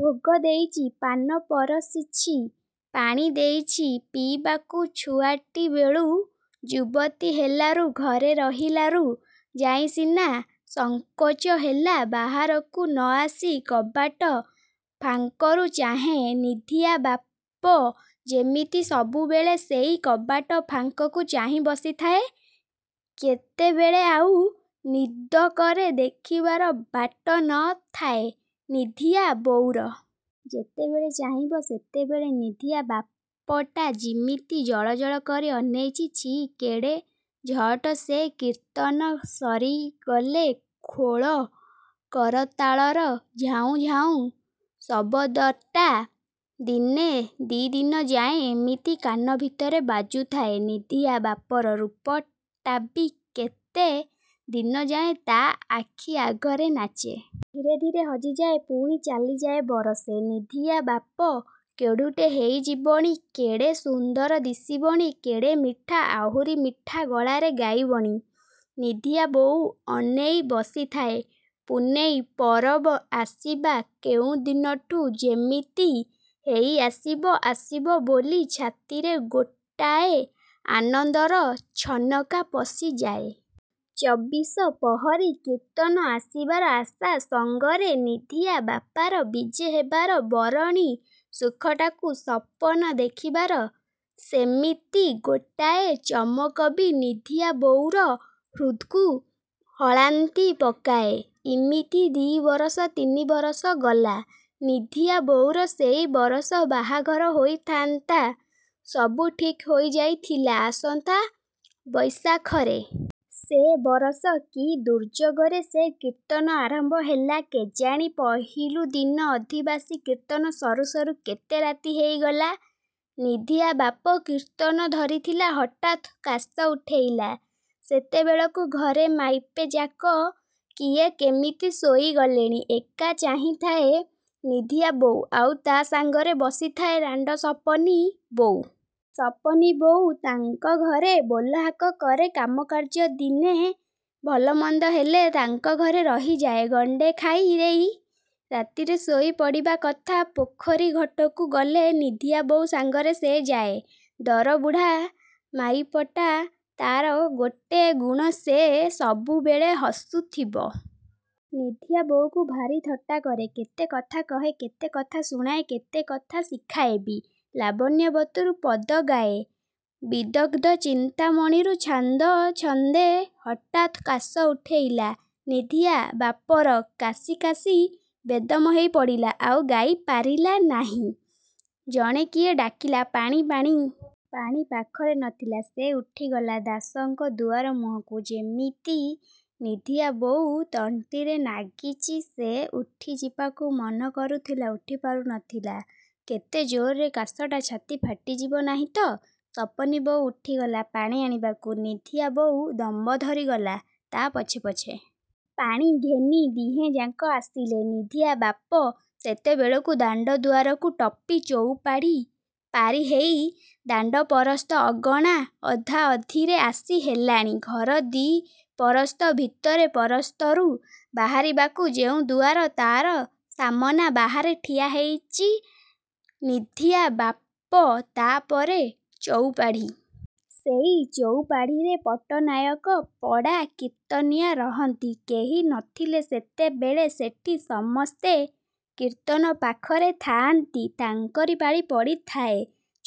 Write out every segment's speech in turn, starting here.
ଭୋଗ ଦେଇଚି–ପାନ ପରଷିଛି–ପାଣିଦେଇଛି ପିଇବାକୁ–ଛୁଆଟି ବେଳୁ। ଯୁବତୀ ହେଲାରୁ, ଘରେ ରହିଲାରୁ ଯାଇ ସିନା ସଙ୍କୋଚ ହେଲା–ବାହାରକୁ ନ ଆସି କବାଟ ଫାଙ୍କରୁ ଚାହେଁ। ନିଧିଆବାପ ଯେମିତି ସବୁବେଳେ ସେଇ କବାଟ ଫାଙ୍କକୁ ଚାହିଁ ବସିଥାଏ–କେତେବେଳେ ଆଉ ନିଦକରେ ଦେଖିବାର ବାଟ ନ ଥାଏ ନିଧିଆ ବୋଉର। ଯେତେବେଳେ ଚାହିଁବ ସେତେବେଳେ ନିଧିଆବାପଟା ଯିମିତି ଜଳଜଳ କରି ଅନେଇଚି। ଛି, କେଡ଼େ ଝଅଟ ସେ। କୀର୍ତ୍ତନ ସରିଗଲେ–ଖୋଳ କରତାଳର ଝାଉଁ ଝାଉଁ ଶବଦଟା ଦିନେ ଦି'ଦିନ ଯାଏଁ ଯେମିତି କାନ ଭିତରେ ବାଜୁଥାଏ, ନିଧିଆ ବାପର ରୂପଟାବି କେତେ ଦିନଯାଏଁ ତା' ଆଖି ଆଗରେ ନାଚେ। ଧୀରେ ଧୀରେ ହଜିଯାଏ। ପୁଣି ଚାଲିଯାଏ ବରଷେ। ନିଧିଆବାପ କେଡ଼ୁଟେ ହେଇଯିବଣି, କେଡ଼େ ସୁନ୍ଦର ଦିଶିବଣି, କେଡ଼େ ମିଠା, ଆହୁରି ମିଠା ଗଳାରେ ଗାଇବଣି। ନିଧିଆବୋଉ ଅନେଇ ବସିଥାଏ। ପୁନେଇଁ ପରବ ଆସିବା କେଇଦିନଠୁ ଯେମିତି ହେଇ ଆସିବ ଆସିବ ବୋଲି ଛାତିରେ ଗୋଟାଏ ଆନନ୍ଦର ଛନକା ପଶିଯାଏ। ଚବିଶ ପ୍ରହରୀ କୀର୍ତ୍ତନ ଆସିବାର ଆଶା ସାଙ୍ଗରେ ନିଧିଆବାପାର ବିଜେ ହେବାର ବରଣୀ ସୁଖଟାକୁ ସପନ ଦେଖିବାର ସେମିତି ଗୋଟାଏ ଚମକବି ନିଧିଆବୋଉର ହୃଦ୍କୁ ହନ୍ତାଳି ପକାଏ। ଏମିତି ଦି'ବରଷ ତିନିବରଷ ଗଲା। ନିଧିଆବୋଉର ସେଇ ବରଷ ବାହାଘର ହୋଇଥାନ୍ତା। ସବୁ ଠିକ୍ ହୋଇଯାଇଥିଲା–ଆସନ୍ତା ବୈଶାଖରେ। ସେ ବରଷ କି ଦୁର୍ଯୋଗରେ ସେ କୀର୍ତ୍ତନ ଆରମ୍ଭ ହେଲା କେଜାଣି! ପହିଲୁଦିନ ଅଧିବାସ। କୀର୍ତ୍ତନ ସରୁ ସରୁ କେତେ ରାତି ହେଇଗଲା। ନିଧିଆବାପ କୀର୍ତ୍ତନ ଧରିଥିଲା, ହଠାତ କାଶ ଉଠେଇଲା। ସେତେବେଳକୁ ଘରେ ମାଇପେଯାକ କିଏ କେମିତି ଶୋଇ ଗଲେଣି। ଏକା ଚାହିଁଥାଏ ନିଧିଆବୋଉ–ଆଉ ତା' ସାଙ୍ଗରେ ବସିଥାଏ ରାଣ୍ଡ ସପନି ବୋଉ। ସପନିବୋଉ ତାଙ୍କ ଘରେ ବୋଲହାକ କରେ। କାମ କାର୍ଯ୍ୟ ଦିନେ, ଭଲମନ୍ଦ ହେଲେ ତାଙ୍କ ଘରେ ରହିଯାଏ–ଗଣ୍ଡେ ଖାଇ ଦେଇ ରାତିରେ ଶୋଇ ପଡ଼ିବା କଥା। ପୋଖରୀ ଘାଟକୁ ଗଲେ ନିଧିଆବୋଉ ସାଙ୍ଗରେ ସେ ଯାଏଁ। ଦରବୁଢ଼ା ମାଇପଟା। ତା'ର ଗୋଟେ ଗୁଣ–ସେ ସବୁବେଳେ ହସୁଥିବ। ନିଧିଆ ବୋଉକୁ ଭାରି ଥଟ୍ଟା କରେ। କେତେ କଥା କହେ। କେତେ କଥା ଶୁଣାଏ। କେତେକଥା ଶିଖାଏବି। ଲାବଣ୍ୟବତୀରୁ ପଦଗାଏ। ବିଦଗ୍ଧଚିନ୍ତାମଣିରୁ ଛାନ୍ଦ ଛନ୍ଦେ। ହଠାତ କାଶ ଉଠେଇଲା ନିଧିଆ ବାପର। କାଶି କାଶି ବେଦମ୍ ହେଇ ପଡ଼ିଲା। ଆଉ ଗାଇ ପାରିଲା ନାହିଁ। ଜଣେ କିଏ ଡାକିଲା–ପାଣି ପାଣି! ପାଣି ପାଖରେ ନଥିଲା। ସେ ଉଠିଗଲା ଦାସଙ୍କ ଦୁଆରମୁହଁକୁ। ଯେମିତି ନିଧିଆବୋଉ ତଣ୍ଟିରେ ନାଗିଚି। ସେ ଉଠିଯିବାକୁ ମନ କରୁଥିଲା, ଉଠିପାରୁ ନଥିଲା–କେତେ ଜୋର୍ରେ କାଶଟା ଛାତି ଫାଟିଯିବ ନାହିଁ ତ! ସପନୀବୋଉ ଉଠିଗଲା ପାଣି ଆଣିବାକୁ। ନିଧିଆ ବୋଉ ଦମ୍ଭଧରି ଗଲା ତା' ପଛେ ପଛେ। ପାଣି ଘେନି ଦିହେଁଯାକ ଆସିଲେ। ନିଧିଆବାପ ସେତେବେଳକୁ ଦାଣ୍ଡ ଦୁଆରକୁ ଟପି ଚଉପାଢ଼ି ପାରି ହେଇ ଦାଣ୍ଡ ପରସ୍ତ ଅଗଣା ଅଧାଅଧିରେ ଆସି ହେଲାଣି। ଘର ଦି' ପରସ୍ତ। ଭିତର ପରସ୍ତରୁ ବାହାରିବାକୁ ଯେଉଁ ଦୁଆର, ତା'ର ସାମନା ବାହାରେ ଠିଆ ହେଇଚି, ନିଧିଆ ବାପ ତା'ପରେ ଚଉପାଢ଼ି। ସେଇ ଚଉପାଢ଼ିରେ ପଟ୍ଟନାୟକ ପଡ଼ା କୀର୍ତ୍ତନିୟା ରହନ୍ତି। କେହି ନଥିଲେ ସେତେବେଳେ ସେଠି। ସମସ୍ତେ କୀର୍ତ୍ତନପାଖରେ ଥାଆନ୍ତି। ତାଙ୍କରି ପାଳି ପଡ଼ିଥାଏ।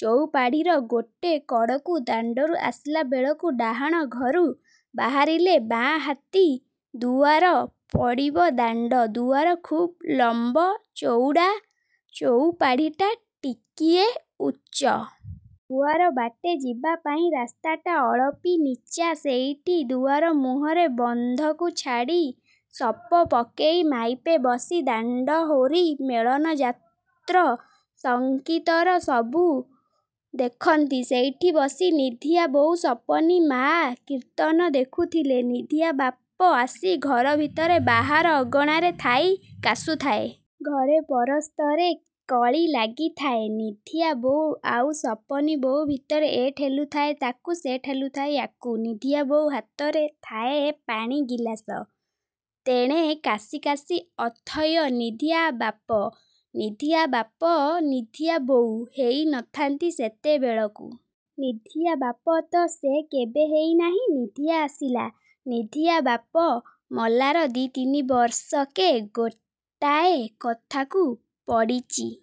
ଚଉପାଢ଼ିର ଗୋଟେ କଡ଼କୁ, ଦାଣ୍ଡରୁ ଆସିଲାବେଳକୁ ଡାହାଣ ଘରୁ ବାହାରିଲେ ବାଆଁ ହାତି ଦୁଆର ପଡ଼ିବ–ଦାଣ୍ଡ ଦୁଆର–ଖୁବ୍ ଲମ୍ୱ ଚଉଡ଼ା। ଚଉପାଢ଼ିଟା ଟିକିଏ ଉଚ୍ଚ। ଦୁଆର ବାଟେ ଯିବାପାଇଁ ରାସ୍ତାଟା ଅଳପି ନୀଚା। ସେଇଟି, ଦୁଆରମୁହଁରେ ବନ୍ଧକୁ ଛାଡ଼ି ସପ ପକେଇ ମାଇଯେ ବସି ଦାଣ୍ଡ ହୋରି, ମେଳନ ଯାତ୍ର, ସଂକୀର୍ତ୍ତନ ସବୁ ଦେଖନ୍ତି। ସେଇଠି ବସି ନିଧିଆ ବୋଉ ସପନୀ ମା କୀର୍ତ୍ତନ ଦେଖୁଥିଲେ। ନିଧିଆବାପ ଆସି ଘର ଭିତରେ ବାହାର ଅଗଣାରେ ଥାଇ କାଶୁଥାଏ। ଘର ପରସ୍ତରେ କଳି ଲାଗିଥାଏ, ନିଧିଆ ବୋଉ ଆଉ ସପନୀ ବୋଉ ଭିତରେ। ଏ ଠେଲୁଥାଏ ତାକୁ, ସେ ଠେଲୁଥାଏ ୟାକୁ। ନିଧିଆ ବୋଉ ହାତରେ ଥାଏ ପାଣି ଗିଲାସ। ତେଣେ କାଶି କାଶି ଅଥୟ ନିଧିଆ ବାପ। ନିଧିଆବାପ, ନିଧିଆ ବୋଉ ହେଇ ନଥାନ୍ତି ସେତେବେଳକୁ। ନିଧିଆ ବାପ ତ ସେ କେବେ ହେଇ ନାହିଁ। ନିଧିଆ ଆସିଲା, ନିଧିଆ ବାପ ମଲାର ଦି' ତିନି ବର୍ଷକେ। ଗୋଟାଏ କଥାକୁ ପଡ଼ିଚି।